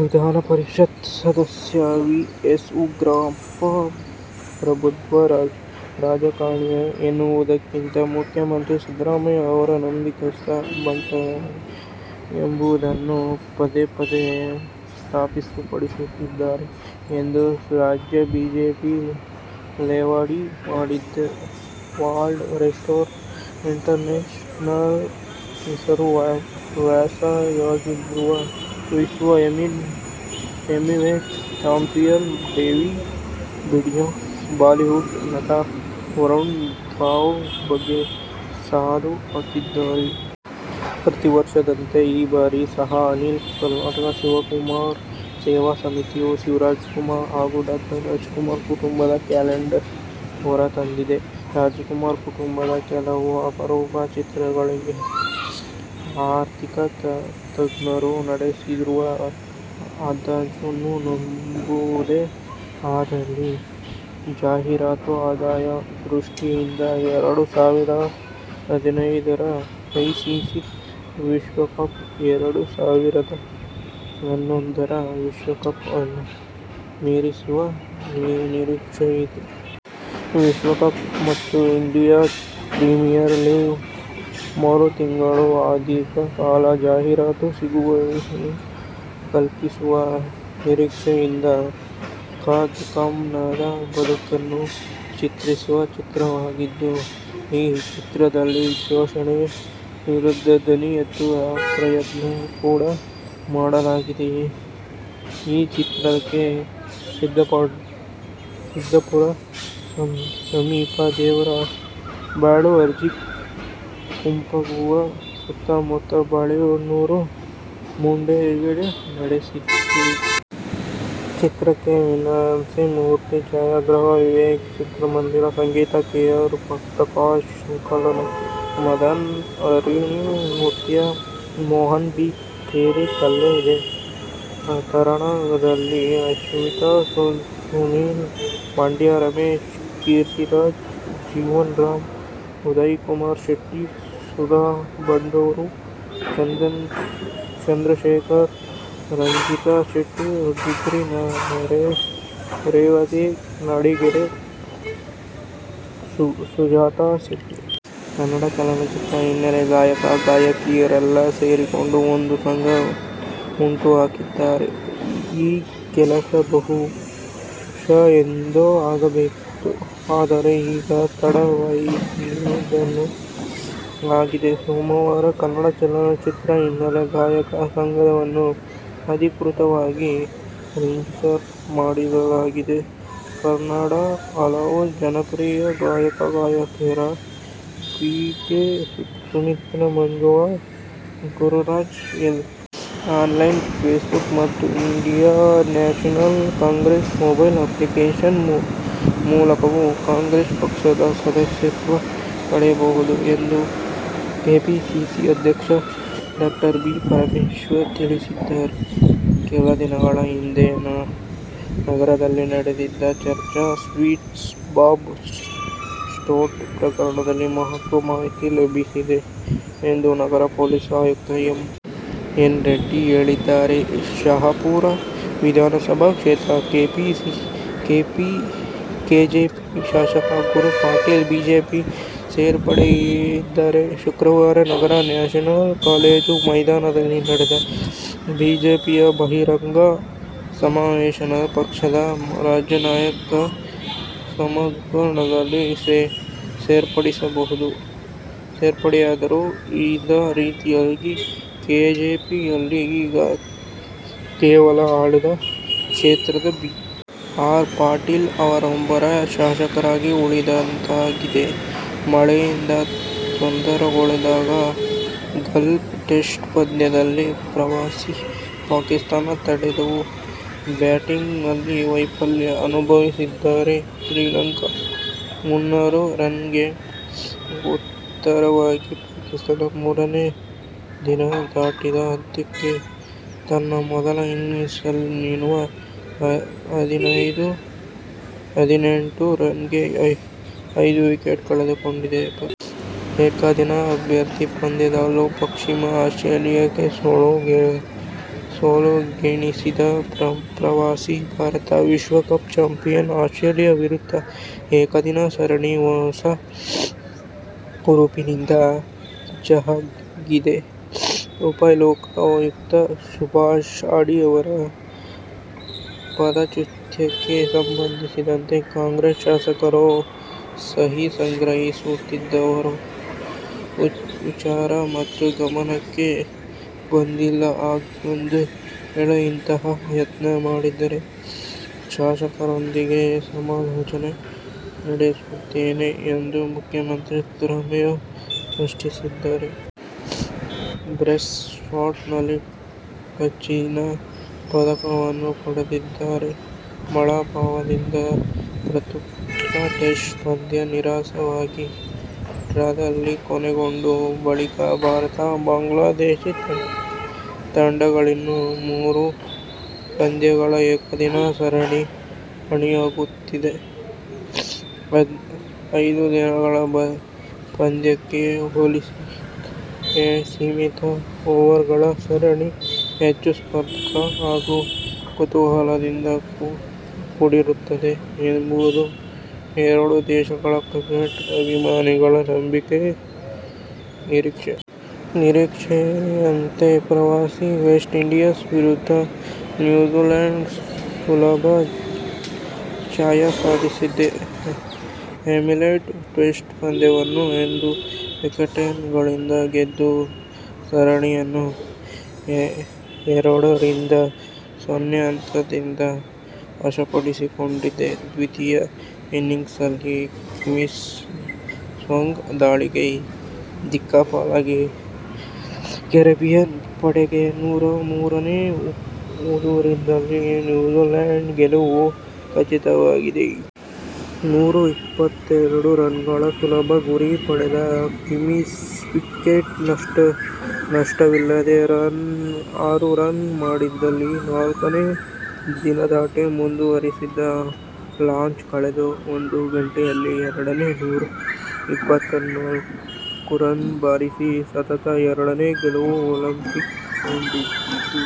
ವಿಧಾನಪರಿಷತ್ ಸದಸ್ಯ V. S. Ugrappa ಪ್ರಬುದ್ಧ ರಾಜಕಾರಣಿ ಎನ್ನುವುದಕ್ಕಿಂತ ಮುಖ್ಯಮಂತ್ರಿ ಸಿದ್ದರಾಮಯ್ಯ ಅವರ ನಂಬಿಕಸ್ತ ಭಟ್ಟಂಗಿ ಎಂಬುದನ್ನು ಪದೇಪದೇ ಸಾಬೀತುಪಡಿಸುತ್ತಿದ್ದಾರೆ ಎಂದು ರಾಜ್ಯ ಬಿಜೆಪಿ ಲೇವಡಿ ಮಾಡಿದೆ. ವರ್ಲ್ಡ್ ರೆಸ್ಲಿಂಗ್ ಎಂಟರ್ಟೇನ್ಮೆಂಟ್ನಲ್ಲಿ ಹೆಸರುವಾಸಿಯಾಗಿರುವ ವಿಶ್ವ heavyweight champion Dave Bautista Bollywood ನಟ ವರುಣ್ ಧವನ್ ಗೆ ಸವಾಲು ಹಾಕಿದ್ದಾರೆ. ಪ್ರತಿ ವರ್ಷದಂತೆ ಈ ಬಾರಿ ಸಹ ಅಖಿಲ ಕರ್ನಾಟಕ ಶಿವರಾಜಕುಮಾರ್ ಸೇನಾ ಸಮಿತಿಯು ಶಿವರಾಜಕುಮಾರ್ ಹಾಗೂ ಡಾ. ರಾಜಕುಮಾರ್ ಕುಟುಂಬದ ಕ್ಯಾಲೆಂಡರ್ ಹೊರತಂದಿದೆ. ರಾಜಕುಮಾರ್ ಕುಟುಂಬದ ಕೆಲವು ಅಪರೂಪ ಚಿತ್ರಗಳಿವೆ. ಆರ್ಥಿಕ ತಜ್ಞರು ನಡೆಸಿರುವ ಅಂದಾಜನ್ನು ನಂಬುವುದೇ ಆದಲ್ಲಿ ಜಾಹೀರಾತು ಆದಾಯ ದೃಷ್ಟಿಯಿಂದ ಎರಡು ಸಾವಿರದ ಹದಿನೈದರ ಐಸಿಸಿ ವಿಶ್ವಕಪ್ ಎರಡು ಸಾವಿರದ ಹನ್ನೊಂದರ ವಿಶ್ವಕಪ್ ಅನ್ನು ಮೀರಿಸುವ ನಿರೀಕ್ಷೆಯಿದೆ. ವಿಶ್ವಕಪ್ ಮತ್ತು ಇಂಡಿಯನ್ ಪ್ರೀಮಿಯರ್ ಲೀಗ್ ಮೂರು ತಿಂಗಳಿಗೂ ಅಧಿಕ ಕಾಲ ಜಾಹೀರಾತು ಸುಗ್ಗಿಯನ್ನು ಕಲ್ಪಿಸುವ ನಿರೀಕ್ಷೆಯಿದೆ. ಖ -ದುಮ್ಮಾನದ ಬದುಕನ್ನು ಚಿತ್ರಿಸುವ ಚಿತ್ರವಾಗಿದ್ದು, ಈ ಚಿತ್ರದಲ್ಲಿ ಶೋಷಣೆ ವಿರುದ್ಧ ದನಿ ಎತ್ತುವ ಪ್ರಯತ್ನ ಕೂಡಾ ಮಾಡಲಾಗಿದೆಯಂತೆ. ಈ ಚಿತ್ರಕ್ಕೆ ಸಿದ್ಧಾಪುರ ಸಮೀಪ ದೇವರಬಾಳು, ಅಜ್ರಿ, ಕುಂದಾಪುವ ಸುತ್ತಮುತ್ತ ಬಾಳೆಹೊನ್ನುರು ಮುಂತಾದೆಡೆ ನಡೆದಿದೆ. ಚಿತ್ರಕ್ಕೆ ವೀನಸ್ ಮೂರ್ತಿ ಛಾಯಾಗ್ರಹಣ, ವಿವೇಕ್ ಚಕ್ರವರ್ತಿ ಸಂಗೀತ, ಕೆ. ಎಂ. ಪ್ರಕಾಶ್ ಸಂಕಲನ, ಮದನ್ ಹರಿಣಿ ನೃತ್ಯ, ಮೋಹನ್ ಬಿ ಕೆರೆ ಕಲೆ ಇದೆ. ತಾರಾಗಣದಲ್ಲಿ ಅಶ್ವಿತಾ, ಸುನಿಲ್, ಮಂಡ್ಯ ರಮೇಶ್, ಕೀರ್ತಿರಾಜ್, ಜೀವನ್ ರಾಂ, ಉದಯ್ ಕುಮಾರ್ ಶೆಟ್ಟಿ, ಸುಧಾ ಬಂಡೂರು, ಚಂದ್ರಶೇಖರ್, ರಂಜಿತಾ ಶೆಟ್ಟಿ, ಡಿಂಗ್ರಿ ನರೇಶ್, ರೇವತಿ ನಾಡಿಗೇರ್, ಸುಜಾತಾ ಶೆಟ್ಟಿ. ಕನ್ನಡ ಚಲನಚಿತ್ರ ಹಿನ್ನೆಲೆ ಗಾಯಕ-ಗಾಯಕಿಯರೆಲ್ಲಾ ಸೇರಿಕೊಂಡು ಒಂದು ಸಂಘ ಹುಟ್ಟುಹಾಕಿದ್ದಾರೆ. ಈ ಕೆಲಸ ಬಹುಶಃ ಎಂದೋ ಆಗಬೇಕಿತ್ತು. ಆದರೆ, ಈಗ ತಡವಾಗಿಯಾದರೂ ಆಗಿದೆ. ಸೋಮವಾರ ಕನ್ನಡ ಚಲನಚಿತ್ರ ಹಿನ್ನೆಲೆ ಗಾಯಕರ ಸಂಘವನ್ನು ಅಧಿಕೃತವಾಗಿ ರಿಜಿಸ್ಟರ್ ಮಾಡಿಸಲಾಗಿದೆ. ಕನ್ನಡದ ಹಲವು ಜನಪ್ರಿಯ ಗಾಯಕ-ಗಾಯಕಿಯರಾದ B. K. Sumithra, Manjula Gururaj, L. Online, Facebook ಮತ್ತು Indian National Congress mobile application ಮೂಲಕವೂ ಕಾಂಗ್ರೆಸ್ ಪಕ್ಷದ ಸದಸ್ಯತ್ವ ಪಡೆಯಬಹುದು ಎಂದು ಕೆಪಿಸಿಸಿ ಅಧ್ಯಕ್ಷ ಡಾ ಜಿ. ಪರಮೇಶ್ವರ್ ತಿಳಿಸಿದ್ದಾರೆ. ಕೆಲ ದಿನಗಳ ಹಿಂದೆ ನಗರದಲ್ಲಿ ನಡೆದಿದ್ದ ಚರ್ಚ್ ಸ್ಟ್ರೀಟ್ ಬಾಂಬ್ ಸ್ಫೋಟ ಪ್ರಕರಣದಲ್ಲಿ ಮಹತ್ವದ ಮಾಹಿತಿ ಲಭಿಸಿದೆ ಎಂದು ನಗರ ಪೊಲೀಸ್ ಆಯುಕ್ತ ಎಂ. ಎನ್. ರೆಡ್ಡಿ ಹೇಳಿದ್ದಾರೆ. ಶಹಾಪುರ ವಿಧಾನಸಭಾ ಕ್ಷೇತ್ರದ ಕೆಜೆಪಿ ಶಾಸಕ ಗುರು ಪಾಟೀಲ್ ಬಿಜೆಪಿಗೆ ಸೇರ್ಪಡೆಗೊಂಡಿದ್ದಾರೆ. ಶುಕ್ರವಾರ ನಗರದ ನ್ಯಾಷನಲ್ ಕಾಲೇಜು ಮೈದಾನದಲ್ಲಿ ನಡೆದ ಬಿಜೆಪಿಯ ಬಹಿರಂಗ ಸಮಾವೇಶದಲ್ಲಿ ಪಕ್ಷದ ರಾಜ್ಯ ನಾಯಕರ ಸಮ್ಮುಖದಲ್ಲಿ ಸೇರ್ಪ ಡೆಯಾದರು. ಇದ ರಿಂದಾಗಿ ಕೆಜೆಪಿಯಲ್ಲಿ ಈಗ ಕೇವಲ ಆಳಂದ ಕ್ಷೇತ್ರದ ಬಿ. ಆರ್. ಪಾಟೀಲ ಅವರೊಬ್ಬರೇ ಶಾಸಕರಾಗಿ ಉಳಿದಂತಾಗಿದೆ. ಮಳೆಯಿಂದ ತೊಂದರೆಗೊಳಗಾದ ಗಾಲ್ ಟೆಸ್ಟ್ ಪಂದ್ಯದಲ್ಲಿ ಪ್ರವಾಸಿ ಪಾಕಿಸ್ಥಾನ ತಂಡವು ಬ್ಯಾಟಿಂಗ್ನಲ್ಲಿ ವೈಫಲ್ಯ ಅನುಭವಿಸಿದೆ. ಶ್ರೀಲಂಕಾದ ಮುನ್ನೂರು ರನ್ನಿಗೆ ಉತ್ತರವಾಗಿ ಪಾಕಿಸ್ಥಾನ ಮೂರನೇ ದಿನದಾಟದ ಅಂತ್ಯಕ್ಕೆ ತನ್ನ ಮೊದಲ ಇನ್ನಿಂಗ್ಸ್ನಲ್ಲಿ ನೂರಾ ಹದಿನೆಂಟು ರನ್ನಿಗೆ ಐದು ವಿಕೆಟ್ ಕಳೆದುಕೊಂಡಿದೆ. ಏಕದಿನ ಅಭ್ಯಾಸ ಪಂದ್ಯದಲ್ಲೂ ಪಶ್ಚಿಮ ಆಸ್ಟ್ರೇಲಿಯಕ್ಕೆ ಸೋಲುಣಿಸಿದ ಪ್ರವಾಸಿ ಭಾರತ, ವಿಶ್ವ ಚಾಂಪಿಯನ್ ಆಸ್ಟ್ರೇಲಿಯ ವಿರುದ್ಧದ ಏಕದಿನ ಸರಣಿಗೆ ಹೊಸ ಹುರುಪಿನಿಂದ ಸಜ್ಜಾಗಿದೆ. ಉಪಲೋಕಾಯುಕ್ತ ಸುಭಾಷ್ ಅಡಿ ಅವರ ಪದಚ್ಯುತಿಗೆ ಸಂಬಂಧಿಸಿದಂತೆ ಕಾಂಗ್ರೆಸ್ ಶಾಸಕರು ಸಹಿ ಸಂಗ್ರಹಿಸುತ್ತಿರುವ ವಿಚಾರ ತಮ್ಮ ಗಮನಕ್ಕೆ ಬಂದಿಲ್ಲ. ಹಾಗೊಂದು ವೇಳೆ ಇಂತಹ ಯತ್ನ ಮಾಡಿದರೆ ಶಾಸಕರೊಂದಿಗೆ ಸಮಾಲೋಚನೆ ನಡೆಸುತ್ತೇನೆ ಎಂದು ಮುಖ್ಯಮಂತ್ರಿ ಸಿದ್ದರಾಮಯ್ಯ ಸ್ಪಷ್ಟಪಡಿಸಿದ್ದಾರೆ. ಬ್ರೆಸ್ಟ್ ಸ್ಟ್ರೋಕ್ ನಲ್ಲಿ ಕಂಚಿನ ಪದಕವನ್ನು ಪಡೆದಿದ್ದಾರೆ. ಮಳೆಬಾಧಿತ ಫಾತುಲ್ಲಾ ಟೆಸ್ಟ್ ಪಂದ್ಯ ನೀರಸವಾಗಿ ಡ್ರಾದಲ್ಲಿ ಕೊನೆಗೊಂಡ ಬಳಿಕ ಭಾರತ-ಬಾಂಗ್ಲಾದೇಶ ತಂಡಗಳಿನ್ನು ಮೂರು ಪಂದ್ಯಗಳ ಏಕದಿನ ಸರಣಿಗೆ ಅಣಿಯಾಗುತ್ತಿವೆ. ಐದು ದಿನಗಳ ಪಂದ್ಯಕ್ಕೆ ಹೋಲಿಸಿದರೆ ಈ ಸೀಮಿತ ಓವರ್ಗಳ ಸರಣಿ ಹೆಚ್ಚು ಸ್ಪರ್ಧಾತ್ಮಕ ಹಾಗೂ ಕುತೂಹಲದಿಂದ ಕೂಡಿರುತ್ತದೆ ಎಂಬುದು ಎರಡೂ ದೇಶಗಳ ಕ್ರಿಕೆಟ್ ಅಭಿಮಾನಿಗಳ ನಂಬಿಕೆ, ನಿರೀಕ್ಷೆ. ನಿರೀಕ್ಷೆಯಂತೆ ಪ್ರವಾಸಿ ವೆಸ್ಟ್ ಇಂಡೀಸ್ ವಿರುದ್ಧ ನ್ಯೂಜೀಲ್ಯಾಂಡ್ ಸುಲಭ ಜಯ ಸಾಧಿಸಿದೆ. ಹ್ಯಾಮಿಲ್ಟನ್ ಟೆಸ್ಟ್ ಪಂದ್ಯವನ್ನು ಎಂಟು ವಿಕೆಟ್ಗಳಿಂದ ಗೆದ್ದು ಸರಣಿಯನ್ನು ಎರಡ ರಿಂದ ಸೊನ್ನೆ ಅಂತರದಿಂದ ವಶಪಡಿಸಿಕೊಂಡಿದೆ. ದ್ವಿತೀಯ ಇನ್ನಿಂಗ್ಸ್ನಲ್ಲಿ ಕಿವೀಸ್ ಸ್ವಿಂಗ್ ದಾಳಿಗೆ ದಿಕ್ಕಾಪಾಲಾದ ಕೆರಿಬಿಯನ್ ಪಡೆ ನೂರಮೂರಕ್ಕೆ ಉದುರಿದಾಗಲೇ ನ್ಯೂಜೀಲ್ಯಾಂಡಿನ ಗೆಲುವು ಖಚಿತವಾಗಿತ್ತು. ನೂರಾ ಇಪ್ಪತ್ತೆರಡು ರನ್ನುಗಳ ಸುಲಭ ಗುರಿ ಪಡೆದ ಕಿವೀಸ್ ವಿಕೆಟ್ ನಷ್ಟವಿಲ್ಲದೆ ಆರು ರನ್ ಮಾಡಿದಲ್ಲಿಂದ ನಾಲ್ಕನೇ ದಿನದಾಟ ಮುಂದುವರಿಸಿತ್ತು. ಲಂಚ್ ಕಳೆದು ಒಂದು ಗಂಟೆಯಲ್ಲಿ ಎರಡಕ್ಕೆ ನೂರಾ ಇಪ್ಪತ್ತ್ನಾಲ್ಕು ರನ್ ಬಾರಿಸಿ ಸತತ ಎರಡನೇ ಗೆಲುವು ಒಲಿಸಿಕೊಂಡಿತು.